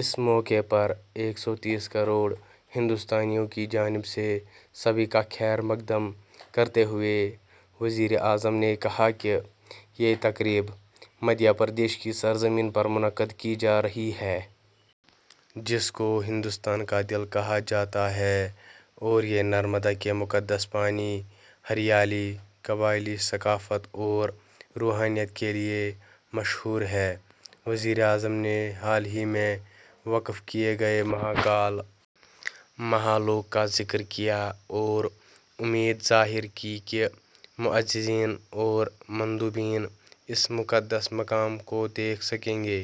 اس موقع پر ایک سو تیس کروڑ ہندوستانیوں کی جانب سے سبھی کا خیرمقدم کرتے ہوئے وزیر اعظم نے کہا کہ یہ تقریب مدھیہ پردیش کی سرزمین پر منعقد کی جا رہی ہے جس کو ہندوستان کا دل کہا جاتا ہے اور یہ نرمدا کے مقدس پانی ہریالی قبائلی ثقافت اور روحانیت کے لیے مشہور ہے وزیر اعظم نے حال ہی میں وقف کیے گئے مہاکال مہا لوک کا ذکر کیا اور امید ظاہر کی کہ معززین اور مندوبین اس مقدس مقام کو دیکھ سکیں گے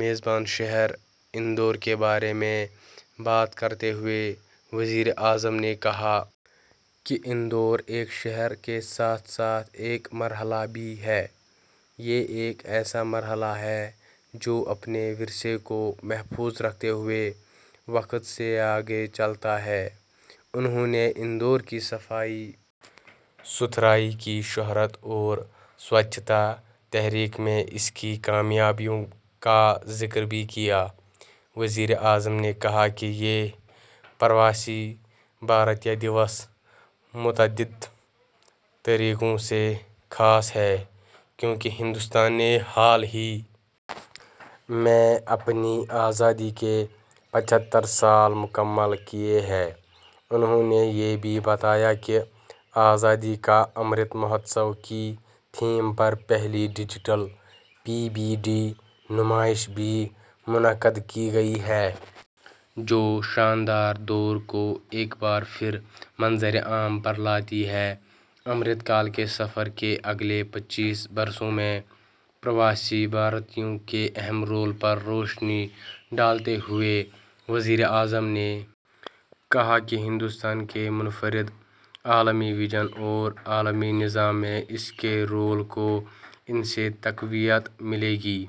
میزبان شہر اندور کے بارے میں بات کرتے ہوئے وزیر اعظم نے کہا کہ اندور ایک شہر کے ساتھ ساتھ ایک مرحلہ بھی ہے یہ ایک ایسا مرحلہ ہے جو اپنے ورثے کو محفوظ رکھتے ہوئے وقت سے آگے چلتا ہے انہوں نے اندور کی صفائی ستھرائی کی شہرت اور سووچھتا تحریک میں اس کی کامیابیوں کا ذکر بھی کیا وزیر اعظم نے کہا کہ یہ پرواسی بھارتیہ دِوس متعدد طریقوں سے خاص ہے کیونکہ ہندوستان نے حال ہی میں اپنی آزادی کے پچھتر سال مکمل کیے ہیں انہوں نے یہ بھی بتایا کہ آزادی کا امرت مہوتسو کی تھیم پر پہلی ڈیجیٹل پی بی ڈی نمائش بھی منعقد کی گئی ہے جو شاندار دور کو ایک بار پھر منظر عام پر لاتی ہے امرت کال کے سفر کے اگلے پچیس برسوں میں پرواسی بھارتیوں کے اہم رول پر روشنی ڈالتے ہوئے وزیر اعظم نے کہا کہ ہندوستان کے منفرد عالمی وژن اور عالمی نظام میں اس کے رول کو ان سے تقویت ملے گی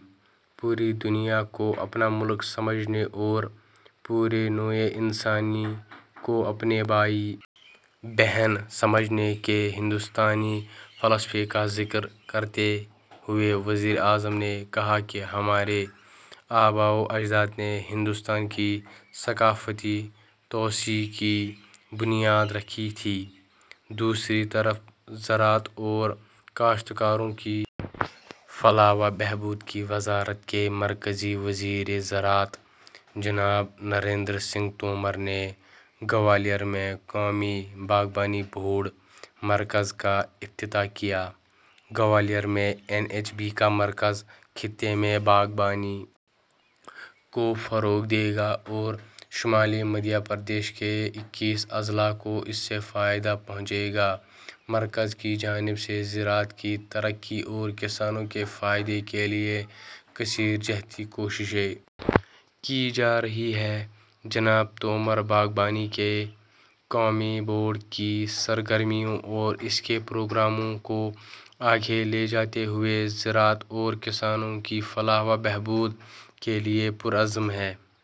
پوری دنیا کو اپنا ملک سمجھنے اور پوری نوع انسانی کو اپنے بھائی بہن سمجھنے کے ہندوستانی فلسفے کا ذکر کرتے ہوئے وزیر اعظم نے کہا کہ ہمارے آبا و اجداد نے ہندوستان کی ثقافتی توسیع کی بنیاد رکھی تھی دوسری طرف زراعت اور کاشتکاروں کی فلاح و بہبود کی وزارت کے مرکزی وزیر زراعت جناب نریندر سنگھ تومر نے گوالیر میں قومی باغبانی بورڈ مرکز کا افتتاح کیا گوالیر میں این ایچ بی کا مرکز خطے میں باغبانی کو فروغ دے گا اور شمالی مدھیہ پردیش کے اکیس اضلاع کو اس سے فائدہ پہنچے گا مرکز کی جانب سے زراعت کی ترقی اور کسانوں کے فائدے کے لیے کثیر جہتی کوششیں کی جا رہی ہیں جناب تومر باغبانی کے قومی بورڈ کی سرگرمیوں اور اس کے پروگراموں کو آگے لے جاتے ہوئے زراعت اور کسانوں کی بہبود کے لیے پرعزم ہیں